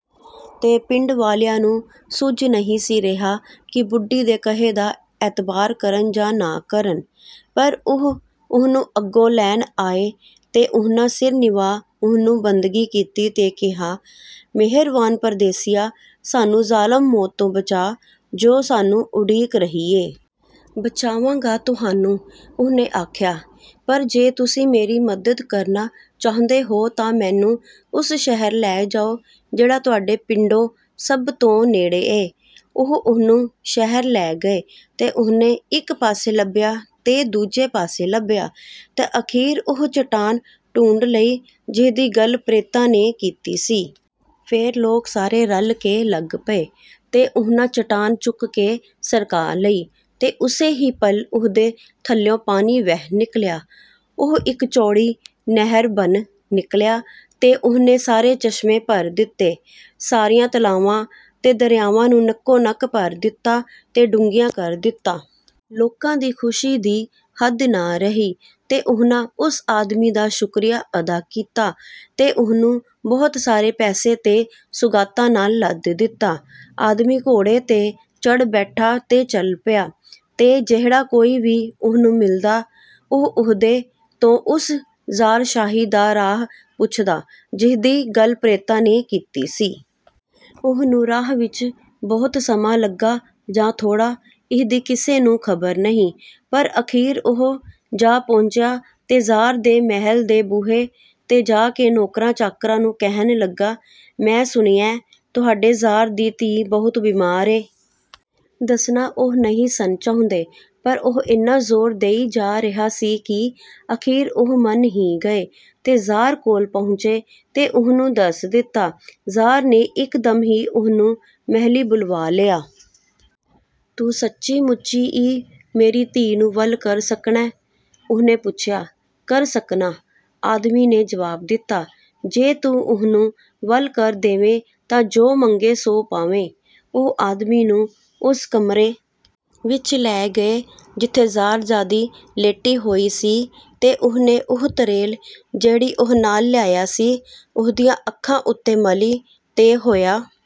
ਤੇ ਪਿੰਡ ਵਾਲਿਆਂ ਨੂੰ ਸੁੱਝ ਨਹੀਂ ਸੀ ਰਿਹਾ ਕਿ ਬੁੱਢੀ ਦੇ ਕਹੇ ਦਾ ਅਤਬਾਰ ਕਰਨ ਜਾਂ ਨਾ ਕਰਨ, ਪਰ ਉਹ ਉਹਨੂੰ ਅਗੋਂ ਲੈਣ ਆਏ, ਤੇ ਉਹਨਾਂ ਸਿਰ ਨਿਵਾ ਉਹਨੂੰ ਬੰਦਗੀ ਕੀਤੀ ਤੇ ਕਿਹਾ, “ਮਿਹਰਵਾਨ ਪ੍ਰਦੇਸੀਆ, ਸਾਨੂੰ ਜ਼ਾਲਮ ਮੌਤ ਤੋਂ ਬਚਾ, ਜੁ ਸਾਨੂੰ ਉਡੀਕ ਰਹੀ ਏ।” “ਬਚਾਵਾਂਗਾ ਤੁਹਾਨੂੰ,” ਉਹਨੇ ਆਖਿਆ। “ਪਰ ਜੇ ਤੁਸੀਂ ਮੇਰੀ ਮਦਦ ਕਰਨਾ ਚਾਹੁੰਦੇ ਹੋ, ਤਾਂ ਮੈਨੂੰ ਓਸ ਸ਼ਹਿਰ ਲੈ ਜਾਓ, ਜਿਹੜਾ ਤੁਹਾਡੇ ਪਿੰਡੋਂ ਸਭ ਤੋਂ ਨੇੜੇ ਏ।” ਉਹ ਉਹਨੂੰ ਸ਼ਹਿਰ ਲੈ ਗਏ, ਤੇ ਉਹਨੇ ਇੱਕ ਪਾਸੇ ਲੱਭਿਆ ਤੇ ਦੂਜੇ ਪਾਸੇ ਲੱਭਿਆ, ਤੇ ਅਖ਼ੀਰ ਉਹ ਚਟਾਨ ਢੂੰਡ ਲਈ, ਜਿਹਦੀ ਗੱਲ ਪ੍ਰੇਤਾਂ ਨੇ ਕੀਤੀ ਸੀ। ਫੇਰ ਲੋਕ ਸਾਰੇ ਰਲ ਕੇ ਲੱਗ ਪਏ, ਤੇ ਉਹਨਾਂ ਚਟਾਨ ਚੁੱਕ ਕੇ ਸਰਕਾ ਲਈ। ਤੇ ਓਸੇ ਹੀ ਪਲ ਉਹਦੇ ਥੱਲਿਉਂ ਪਾਣੀ ਵਹਿ ਨਿਕਲਿਆ। ਉਹ ਇੱਕ ਚੌੜੀ ਨਹਿਰ ਬਣ ਨਿਕਲਿਆ ਤੇ ਉਹਨੇ ਸਾਰੇ ਚਸ਼ਮੇ ਭਰ ਦਿੱਤੇ, ਸਾਰਿਆਂ ਤਲਾਵਾਂ ਤੇ ਦਰਿਆਵਾਂ ਨੂੰ ਨਕੋ-ਨਕ ਭਰ ਦਿੱਤਾ ਤੇ ਡੂੰਘਿਆਂ ਕਰ ਦਿੱਤਾ। ਲੋਕਾਂ ਦੀ ਖੁਸ਼ੀ ਦੀ ਹੱਦ ਨਾ ਰਹੀ, ਤੇ ਉਹਨਾਂ ਓਸ ਆਦਮੀ ਦਾ ਸ਼ੁਕਰੀਆ ਅਦਾ ਕੀਤਾ ਤੇ ਉਹਨੂੰ ਬਹੁਤ ਸਾਰੇ ਪੈਸੇ ਤੇ ਸੁਗਾਤਾਂ ਨਾਲ ਲੱਦ ਦਿੱਤਾ। ਆਦਮੀ ਘੋੜੇ ’ਤੇ ਚੜ੍ਹ ਬੈਠਾ ਤੇ ਚਲ ਪਿਆ, ਤੇ ਜਿਹੜਾ ਕੋਈ ਵੀ ਉਹਨੂੰ ਮਿਲਦਾ, ਉਹ ਉਹਦੇ ਤੋਂ ਉਸ ਜ਼ਾਰਸ਼ਾਹੀ ਦਾ ਰਾਹ ਪੁੱਛਦਾ, ਜਿਹਦੀ ਗੱਲ ਪ੍ਰੇਤਾਂ ਨੇ ਕੀਤੀ ਸੀ। ਉਹਨੂੰ ਰਾਹ ਵਿੱਚ ਬਹੁਤਾ ਸਮਾਂ ਲੱਗਾ ਜਾਂ ਥੋੜ੍ਹਾ, ਇਹਦੀ ਕਿਸੇ ਨੂੰ ਖ਼ਬਰ ਨਹੀਂ; ਪਰ ਅਖ਼ੀਰ ਉਹ ਜਾ ਪਹੁੰਚਿਆ, ਤੇ ਜ਼ਾਰ ਦੇ ਮਹਿਲ ਦੇ ਬੂਹੇ ’ਤੇ ਜਾ ਕੇ ਨੌਕਰਾਂ-ਚਾਕਰਾਂ ਨੂੰ ਕਹਿਣ ਲੱਗਾ, "“ਮੈਂ ਸੁਣਿਐਂ, ਤੁਹਾਡੇ ਜ਼ਾਰ ਦੀ ਧੀ ਬਹੁਤ ਬੀਮਾਰ ਏ। ਦੱਸਣਾ ਉਹ ਨਹੀਂ ਸਨ ਚਾਹੁੰਦੇ, ਪਰ ਉਹ ਏਨਾ ਜ਼ੋਰ ਦਈ ਜਾ ਰਿਹਾ ਸੀ ਕਿ ਅਖ਼ੀਰ ਉਹ ਮੰਨ ਹੀ ਗਏ ਤੇ ਜ਼ਾਰ ਕੋਲ ਪਹੁੰਚੇ ਤੇ ਉਹਨੂੰ ਦੱਸ ਦਿੱਤਾ। ਜ਼ਾਰ ਨੇ ਇਕਦਮ ਹੀ ਉਹਨੂੰ ਮਹਿਲੀਂ ਬੁਲਵਾ ਲਿਆ। “ਤੂੰ ਸੱਚੀ-ਮੁੱਚੀ ਈ ਮੇਰੀ ਧੀ ਨੂੰ ਵੱਲ ਕਰ ਸਕਣੈ?” ਉਹਨੇ ਪੁੱਛਿਆ। “ਕਰ ਸਕਨਾਂ,” ਆਦਮੀ ਨੇ ਜਵਾਬ ਦਿੱਤਾ। “ਜੇ ਤੂੰ ਉਹਨੂੰ ਵੱਲ ਕਰ ਦੇਵੇਂ, ਤਾਂ ਜੁ ਮੰਗੇਂ ਸੁ ਪਾਵੇਂ।” ਉਹ ਆਦਮੀ ਨੂੰ ਓਸ ਕਮਰੇ ਵਿੱਚ ਲੈ ਗਏ, ਜਿਥੇ ਜ਼ਾਰਜ਼ਾਦੀ ਲੇਟੀ ਹੋਈ ਸੀ, ਤੇ ਉਹਨੇ ਉਹ ਤਰੇਲ, ਜਿਹੜੀ ਉਹ ਨਾਲ ਲਿਆਇਆ ਸੀ, ਉਹਦੀਆਂ ਅੱਖਾਂ ਉਤੇ ਮਲੀ, ਤੇ ਹੋਇਆ